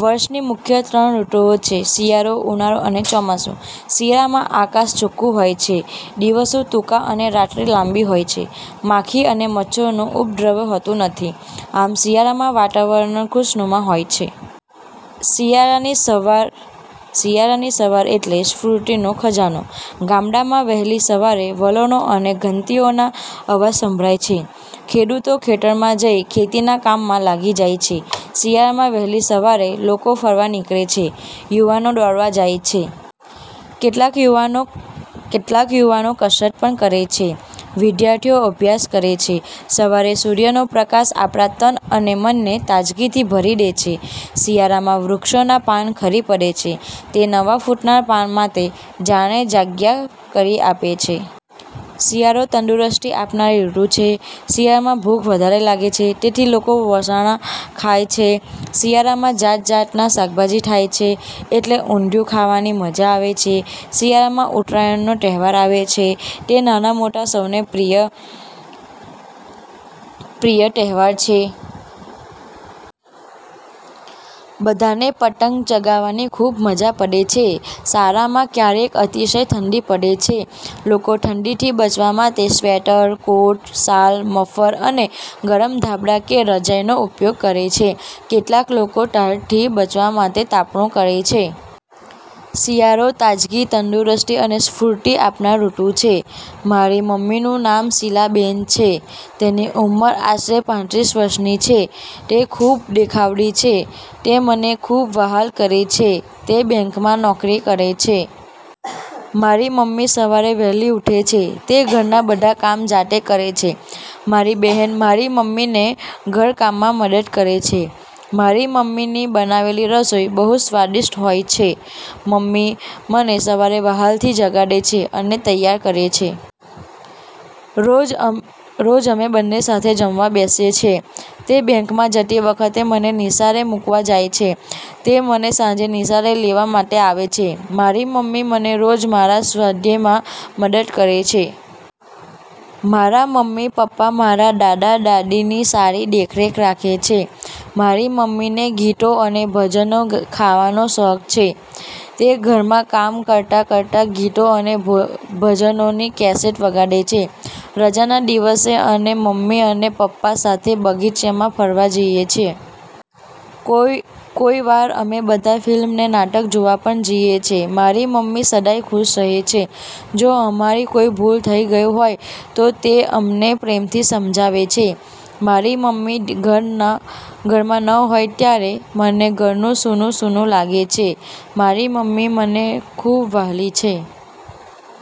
વર્ષની મુખ્ય ત્રણ ઋતુઓ છે શિયાળો ઉનાળો અને ચોમાસુ. શિયાળામાં આકાશ ચોખ્ખું હોય છે. દિવસો ટૂંકા અને રાત્રિ લાંબી હોય છે, માખી અને મચ્છરનો ઉપદ્રવ હોતો નથી. આમ, શિયાળામાં વાતાવરણ ખુશનુમા હોય છે. શિયાળાની સવાર એટલે સ્ફુર્તિનો ખજાનો. ગામડામાં વહેલી સવારે વલોણા અને ઘંટીઓના અવાજ સંભળાય છે. ખેડૂતો ખેતરમાં જઈ ખેતીના કામમાં લાગી જાય છે. શિયાળામાં વહેલી સવારે લોકો ફરવા નીકળે છે. યુવાનો દોડવા જાય છે. કેટલાક યુવાનો કસરત પણ કરે છે. વિદ્યાર્થીઓ અભ્યાસ કરે છે. સવારે સૂર્યનો પ્રકાશ આપણા તન અને મનને તાજગીથી ભરી દે છે. શિયાળામાં વૃક્ષોનાં પાન ખરી પડે છે. તે નવા ફુટનારા પાન માટે જાણે જગ્યા કરી આપે છે. શિયાળો તંદુરસ્તી આપનારી ઋતુ છે. શિયાળામાં ભૂખ વધારે લાગે છે. તેથી લોકો વસાણાં ખાય છે. શિયાળામાં જાતજાતના શાકભાજી થાય છે. એટલે ઊંધિયુ ખાવાની મજા આવે છે. શિયાળામાં ઉત્તરાયણનો તહેવાર આવે છે. તે નાના-મોટા સૌને પ્રિય તહેવાર છે. બધાને પતંગ ચગાવવાની ખૂબ મજા પડે છે. શાળામાં ક્યારેક અતિશય ઠંડી પડે છે. લોકો ઠંડીથી બચવા માટે સ્વેટર, કોટ, શાલ, મફલ અને ગરમ ધાબડા કે રજાઇનો ઉપયોગ કરે છ,. કેટલાક લોકો ટાઢથી બચવા માટે તાપણું કરે છે. શિયાળો તાજગી, તંદુરસ્તી અને સ્ફૂર્તિ આપનાર ઋતુ છે. મારી મમ્મીનું નામ શીલાબેન છે. તેની ઉંમર આશરે પાંત્રીસ વર્ષની છે. તે ખૂબ દેખાવડી છે. તે મને ખૂબ વ્હાલ કરે છે. તે બેંકમાં નોકરી કરે છે. મારી મમ્મી સવારે વહેલી ઉઠે છે. તે ઘરના બધા કામ જાતે કરે છે. મારી બહેન મારી મમ્મીને ઘરકામમાં મદદ કરે છે. મારી મમ્મી ની બનાવેલી રસોઈ બહુ સ્વાદિષ્ટ હોય છે. મમ્મી મને સવારે વહાલથી જગાડે છે અને તૈયાર કરે છે. રોજ અમે બંને સાથે જમવા બેસીએ છીએ. તે બેંકમાં જતી વખતે મને નિશાળે મૂકવા જાય છે. તે મને સાંજે નિશાળે લેવા માટે આવે છે. મારી મમ્મી મને રોજ મારા સ્વાધ્યાયમાં મદદ કરે છે. મારા મમ્મી પપ્પા મારા દાદા-દાદી ની સારી દેખરેખ રાખે છે. મારી મમ્મીને ગીતો અને ભજનો ખાવાનો શોખ છે. તે ઘરમા કામ કરતા કરતા ગીતો અને ભજનો ની કેસેટ વગાડે છે. રજાના દિવસે અમે મમ્મી અને પપ્પા સાથે બગીચામાં ફરવા જઈએ છીએ. કોઈ વાર અમે બધા ફિલ્મ કે નાટક જોવા પણ જઈએ છીએ. મારી મમ્મી સદાય ખુશ રહે છે. જો અમારી કોઈ ભૂલ થઈ ગઈ હોય તો તે અમને પ્રેમથી સમજાવે છે. મારી મમ્મી ઘરમાં ન હોય ત્યારે મને ઘર સૂનું સૂનું લાગે છે. મારી મમ્મી મને ખૂબ વહાલી છે.